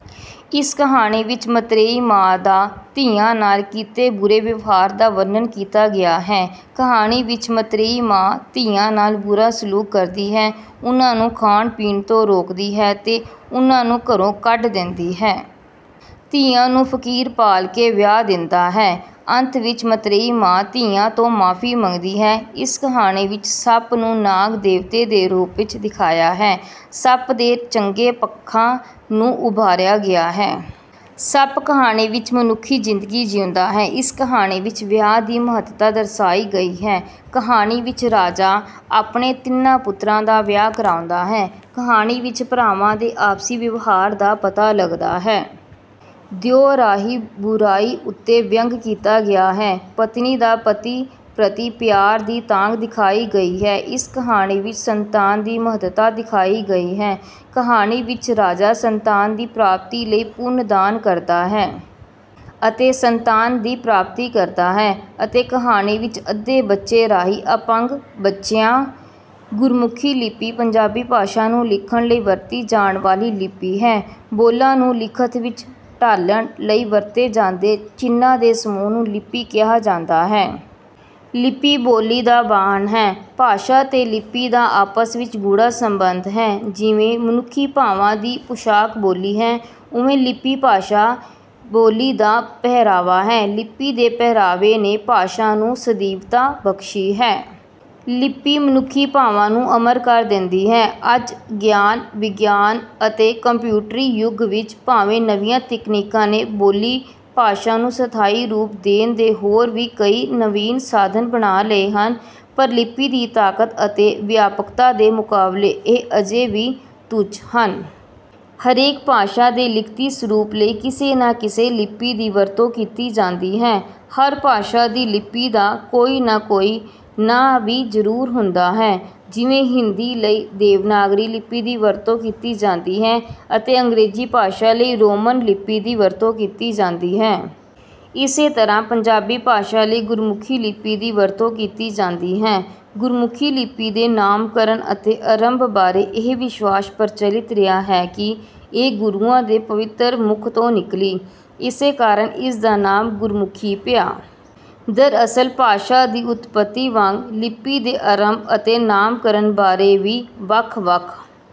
ਇਸ ਕਹਾਣੀ ਵਿਚ ਮੱਤਰੇਈ ਮਾਂ ਦਾ ਧੀਆਂ ਨਾਲ ਕੀਤੇ ਬੁਰੇ ਵਿਵਹਾਰ ਦਾ ਵਰਣਨ ਕੀਤਾ ਗਿਆ ਹੈ। ਕਹਾਣੀ ਵਿਚ ਮੱਤਰੇਈ ਮਾਂ ਧੀਆਂ ਨਾਲ ਬੁਰਾ ਸਲੂਕ ਕਰਦੀ ਹੈ, ਉਨ੍ਹਾਂ ਨੂੰ ਖਾਣ ਪੀਣ ਤੋਂ ਰੋਕਦੀ ਹੈ ਤੇ ਉਨ੍ਹਾਂ ਨੂੰ ਘਰੌਂ ਕੱਢ ਦਿੰਦੀ ਹੈ। ਧੀਆਂ ਨੂੰ ਫਕੀਰ ਪਾਲ ਕੇ ਵਿਆਹ ਦਿੰਦਾ ਹੈ। ਅੰਤ ਵਿਚ ਮਤ੍ਰੇਈ ਮਾਂ ਧੀਆਂ ਤੋਂ ਮਾਫ਼ੀ ਮੰਗਦੀ ਹੈ। ਇਸ ਕਹਾਣੀ ਵਿਚ ਸੱਪ ਨੂੰ ਨਾਗ ਦੇਵਤੇ ਦੇ ਰੂਪ ਵਿਚ ਦਿਖਾਇਆ ਹੈ। ਸੱਪ ਦੇ ਚੰਗੇ ਪੱਖਾਂ ਨੂੰ ਉਭਾਰਿਆ ਗਿਆ ਹੈ। ਸੱਪ ਕਹਾਣੀ ਵਿਚ ਮਨੁੱਖੀ ਜ਼ਿੰਦਗੀ ਜਿਉਂਦਾ ਹੈ। ਇਸ ਕਹਾਣੀ ਵਿਚ ਵਿਆਹ ਦੀ ਮਹੱਤਤਾ ਦਰਸਾਈ ਗਈ ਹੈ। ਕਹਾਣੀ ਵਿਚ ਰਾਜਾ ਆਪਣੇਤਿੰਨਾਂ ਪੁੱਤਰਾਂ ਦਾ ਵਿਆਹ ਕਰਾਉਂਦਾ ਹੈ। ਕਹਾਣੀ ਵਿਚ ਭਰਾਵਾਂ ਦੇ ਆਪਸੀ ਵਿਵਹਾਰ ਦਾ ਪਤਾ ਲਗਦਾ ਹੈ। ਦਿਓ ਰਾਹੀ ਬੁਰਾਈ ਉਤੇ ਵਿਅੰਗ ਕੀਤਾ ਗਿਆ ਹੈ। ਪਤਨੀ ਦੀ ਪਤੀ ਪ੍ਰਤੀ ਪਿਆਰ ਦੀ ਤਾਂਘ ਦਿਖਾਈ ਗਈ ਹੈ। ਇਸ ਕਹਾਣੀ ਵਿਚ ਸੰਤਾਨ ਦੀ ਮਹੱਤਤਾ ਦਿਖਾਈ ਗਈ ਹੈ। ਕਹਾਣੀ ਵਿਚ ਰਾਜਾ ਸੰਤਾਨ ਦੀ ਪ੍ਰਾਪਤੀ ਲਈ ਪੁੰਨ ਦਾਨ ਕਰਦਾ ਹੈ। ਅਤੇ ਸੰਤਾਨ ਦੀ ਪ੍ਰਾਪਤੀ ਕਰਦਾ ਹੈ। ਅਤੇ ਕਹਾਣੀ ਵਿਚ ਅੱਧੇ ਬੱਚੇ ਰਾਹੀ ਅਪੰਗ ਬੱਚਿਆਂ। ਗੁਰਮੁਖੀ ਲਿਪੀ ਪੰਜਾਬੀ ਭਾਸ਼ਾ ਨੂੰ ਲਿਖਣ ਲਈ ਵਰਤੀ ਜਾਣ ਵਾਲੀ ਲਿਪੀ ਹੈ। ਬੋਲਾਂ ਨੂੰ ਲਿਖਤ ਵਿੱਚ ਢਾਲਣ ਲਈ ਵਰਤੇ ਜਾਂਦੇ ਚਿੰਨ੍ਹਾਂ ਦੇ ਸਮੂਹ ਨੂੰ ਲਿਪੀ ਕਿਹਾ ਜਾਂਦਾ ਹੈ। ਲਿਪੀ ਬੋਲੀ ਦਾ ਵਾਹਣ ਹੈ। ਭਾਸ਼ਾ ਤੇ ਲਿਪੀ ਦਾ ਆਪਸ ਵਿੱਚ ਗੂੜ੍ਹਾ ਸੰਬੰਧ ਹੈ। ਜਿਵੇਂ ਮਨੁੱਖੀਭਾਵਾਂ ਦੀ ਪੁਸ਼ਾਕ ਬੋਲੀ ਹੈ, ਉਵੇਂ ਲਿਪੀ ਭਾਸ਼ਾ ਬੋਲੀ ਦਾ ਪਹਿਰਾਵਾ ਹੈ। ਲਿਪੀ ਦੇ ਪਹਿਰਾਵੇ ਨੇ ਭਾਸ਼ਾ ਨੂੰ ਸਦੀਵਤਾ ਬਖ਼ਸ਼ੀ ਹੈ। ਲਿਪੀ ਮਨੁੱਖੀ ਭਾਵਾਂ ਨੂੰ ਅਮਰ ਕਰ ਦਿੰਦੀ ਹੈ। ਅੱਜ ਗਿਆਨ, ਵਿਗਿਆਨ ਅਤੇਕੰਪਿਊਟਰੀ ਯੁੱਗ ਵਿੱਚ ਭਾਵੇਂ ਨਵੀਆਂ ਤਕਨੀਕਾਂ ਨੇ ਬੋਲੀ ਭਾਸ਼ਾ ਨੂੰ ਸਥਾਈ ਰੂਪ ਦੇਣ ਦੇ ਹੋਰ ਵੀ ਕਈ ਨਵੀਨ ਸਾਧਨ ਬਣਾ ਲਏ ਹਨ, ਪਰ ਲਿਪੀ ਦੀ ਤਾਕਤ ਅਤੇ ਵਿਆਪਕਤਾ ਦੇ ਮੁਕਾਬਲੇ ਇਹ ਅਜੇ ਵੀ ਤੁੱਛ ਹਨ। ਹਰੇਕ ਭਾਸ਼ਾ ਦੇ ਲਿਖਤੀ ਸਰੂਪ ਲਈ ਕਿਸੇ ਨਾ ਕਿਸੇ ਲਿਪੀ ਦੀ ਵਰਤੋਂ ਕੀਤੀ ਜਾਂਦੀ ਹੈ। ਹਰ ਭਾਸ਼ਾ ਦੀ ਲਿਪੀ ਦਾ ਕੋਈ ਨਾ ਕੋਈ ਨਾਂ ਵੀ ਜ਼ਰੂਰ ਹੁੰਦਾ ਹੈ, ਜਿਵੇਂ ਹਿੰਦੀ ਲਈ ਦੇਵਨਾਗਰੀ ਲਿਪੀ ਦੀ ਵਰਤੋਂ ਕੀਤੀ ਜਾਂਦੀ ਹੈ ਅਤੇ ਅੰਗਰੇਜ਼ੀ ਭਾਸ਼ਾ ਲਈ ਰੋਮਨ ਲਿਪੀ ਦੀ ਵਰਤੋਂ ਕੀਤੀ ਜਾਂਦੀ ਹੈ। ਇਸੇ ਤਰ੍ਹਾਂ ਪੰਜਾਬੀ ਭਾਸ਼ਾ ਲਈ ਗੁਰਮੁਖੀ ਲਿਪੀ ਦੀ ਵਰਤੋਂ ਕੀਤੀ ਜਾਂਦੀ ਹੈ। ਗੁਰਮੁਖੀ ਲਿਪੀ ਦੇ ਨਾਮਕਰਨ ਅਤੇ ਅਰੰਭ ਬਾਰੇ ਇਹ ਵਿਸ਼ਵਾਸ ਪ੍ਰਚਲਿਤ ਰਿਹਾ ਹੈ ਕਿ ਇਹ ਗੁਰੂਆਂ ਦੇ ਪਵਿੱਤਰ ਮੁੱਖ ਤੋਂ ਨਿਕਲੀ। ਇਸੇ ਕਾਰਨ ਇਸ ਦਾ ਨਾਮ ਗੁਰਮੁਖੀ ਪਿਆ। ਦਰਅਸਲ ਭਾਸ਼ਾ ਦੀ ਉਤਪਤੀ ਵਾਂਗ ਲਿਪੀ ਦੇ ਅਰੰਭ ਅਤੇ ਨਾਮਕਰਨ ਬਾਰੇ ਵੀ ਵੱਖ-ਵੱਖ...